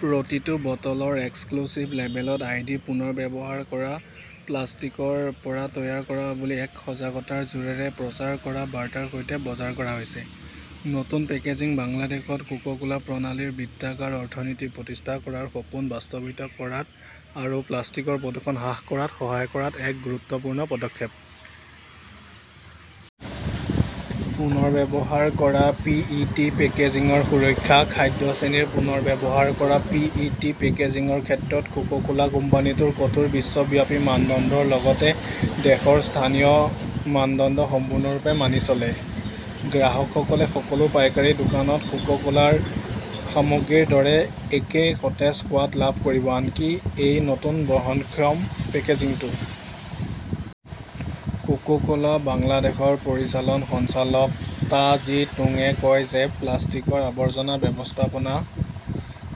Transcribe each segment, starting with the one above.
প্ৰতিটো বটলৰ এক্স্ক্লুসিভ্ লেবেলত আই. ডি. পুনৰ্ব্যৱহাৰ কৰা প্লাষ্টিকৰ পৰা তৈয়াৰ কৰা বুলি এক সজাগতাৰ জোৰেৰে প্ৰচাৰ কৰা বাৰ্তাৰ সৈতে বজাৰ কৰা হৈছে। নতুন পেকেজিং বাংলাদেশত কোকা-কোলা প্ৰণালীৰ বৃত্তাকাৰ অৰ্থনীতি প্ৰতিষ্ঠা কৰাৰ সপোন বাস্তৱায়িত কৰাত আৰু প্লাষ্টিকৰ প্ৰদূষণ হ্ৰাস কৰাত সহায় কৰাত এক গুৰুত্বপূৰ্ণ পদক্ষেপ। পুনৰ্ব্যৱহাৰ কৰা পি. ই. টি. পেকেজিংৰ সুৰক্ষা, খাদ্য-শ্ৰেণীৰ পুনৰ্ব্যৱহাৰ কৰা পি. ই. টি. পেকেজিংৰ ক্ষেত্ৰত কোকা-কোলা কোম্পানীটোৰ কঠোৰ বিশ্বব্যাপী মানদণ্ডৰ লগতে দেশৰ স্থানীয় মানদণ্ড সম্পূৰ্ণৰূপে মানি চলে। গ্ৰাহকসকলে সকলো পাইকাৰী দোকানত কোকা-কোলাৰ সামগ্ৰীৰ দৰে একে সতেজ সোৱাদ লাভ কৰিব, আনকি এই নতুন বহনক্ষম পেকেজিংতো। কোকা-কোলা বাংলাদেশৰ পৰিচালন সঞ্চালক টা জি টুংয়ে কয় যে, প্লাষ্টিকৰ আৱৰ্জনা ব্যৱস্থাপনা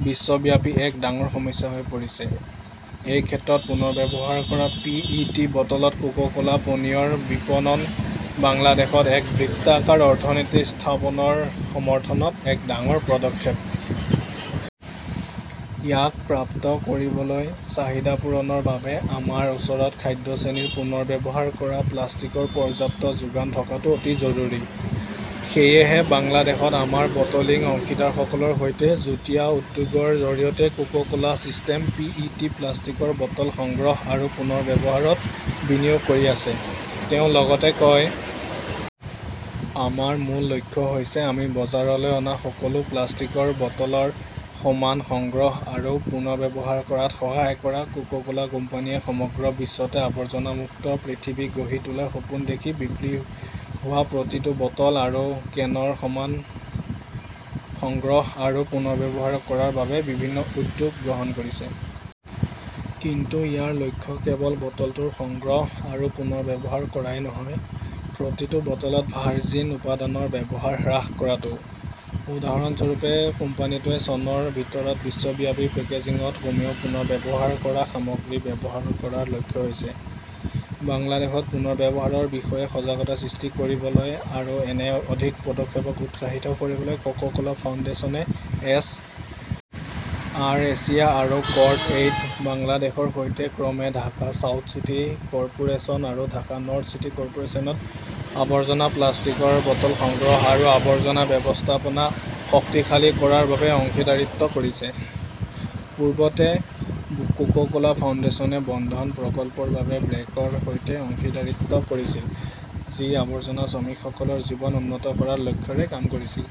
বিশ্বব্যাপী এক ডাঙৰ সমস্যা হৈ পৰিছে। এই ক্ষেত্ৰত পুনৰ্ব্যৱহাৰ কৰা পি. ই. টি. বটলত কোকা-কোলা পানীয়ৰ বিপণন বাংলাদেশত এক বৃত্তাকাৰ অৰ্থনীতি স্থাপনৰ সমৰ্থনত এক ডাঙৰ পদক্ষেপ। ইয়াক প্ৰাপ্ত কৰিবলৈ, চাহিদা পূৰণৰ বাবে আমাৰ ওচৰত খাদ্য-শ্ৰেণীৰ পুনৰ্ব্যৱহাৰ কৰা প্লাষ্টিকৰ পৰ্যাপ্ত যোগান থকাটো অতি জৰুৰী। সেয়েহে বাংলাদেশত আমাৰ বটলিং অংশীদাৰসকলৰ সৈতে যুটীয়া উদ্যোগৰ জৰিয়তে Coca Cola system P. E. T. প্লাষ্টিকৰ বটল সংগ্ৰহ আৰু পুনৰ্ব্যৱহাৰত বিনিয়োগ কৰি আছে, তেওঁ লগতে কয়। আমাৰ মূল লক্ষ্য হৈছে আমি বজাৰলৈ অনা সকলো প্লাষ্টিকৰ বটলৰ সমান সংগ্ৰহ আৰু পুনৰ্ব্যৱহাৰ কৰাত সহায় কৰা কোকা-কোলা কোম্পানীয়ে সমগ্ৰ বিশ্বতে 'আৱৰ্জনামুক্ত পৃথিৱী' গঢ়ি তোলাৰ সপোন দেখি বিক্ৰী হোৱা প্ৰতিটো বটল আৰু কেনৰ সমান সংগ্ৰহ আৰু পুনৰ্ব্যৱহাৰ কৰাৰ বাবে বিভিন্ন উদ্যোগ গ্ৰহণ কৰিছে। কিন্তু ইয়াৰ লক্ষ্য কেৱল বটলবোৰ সংগ্ৰহ আৰু পুনৰ্ব্যৱহাৰ কৰাই নহয়, প্ৰতিটো বটলত ভাৰ্জিন উপাদানৰ ব্যৱহাৰ হ্ৰাস কৰাটোও। উদাহৰণস্বৰূপে, কোম্পানীটোৱে চনৰ ভিতৰত বিশ্বব্যাপী পেকেজিংত কমেও পুনৰ্ব্যৱহাৰ কৰা সামগ্ৰী ব্যৱহাৰ কৰাৰ লক্ষ্য লৈছে। বাংলাদেশত পুনৰ্ব্যৱহাৰৰ বিষয়ে সজাগতা সৃষ্টি কৰিবলৈ আৰু এনে অধিক পদক্ষেপক উৎসাহিত কৰিবলৈ কোকা-কোলা ফাউণ্ডেশ্যনে এছ. আৰ. এছিয়া আৰু কৰ্ডএইড বাংলাদেশৰ সৈতে ক্ৰমে ঢাকা চাউথ চিটি কৰ্পোৰেচন আৰু ঢাকা নৰ্থ চিটি কৰ্পোৰেছনত আৱৰ্জনা প্লাষ্টিকৰ বটল সংগ্ৰহ আৰু আৱৰ্জনা ব্যৱস্থাপনা শক্তিশালী কৰাৰ বাবে অংশীদাৰীত্ব কৰিছে। পূৰ্বতে, কোকা-কোলা ফাউণ্ডেশ্যনে বন্ধন প্ৰকল্পৰ বাবে ব্ৰেকৰ সৈতে অংশীদাৰীত্ব কৰিছিল, যি আৱৰ্জনা শ্ৰমিকসকলৰ জীৱন উন্নত কৰাৰ লক্ষ্যৰে কাম কৰিছিল।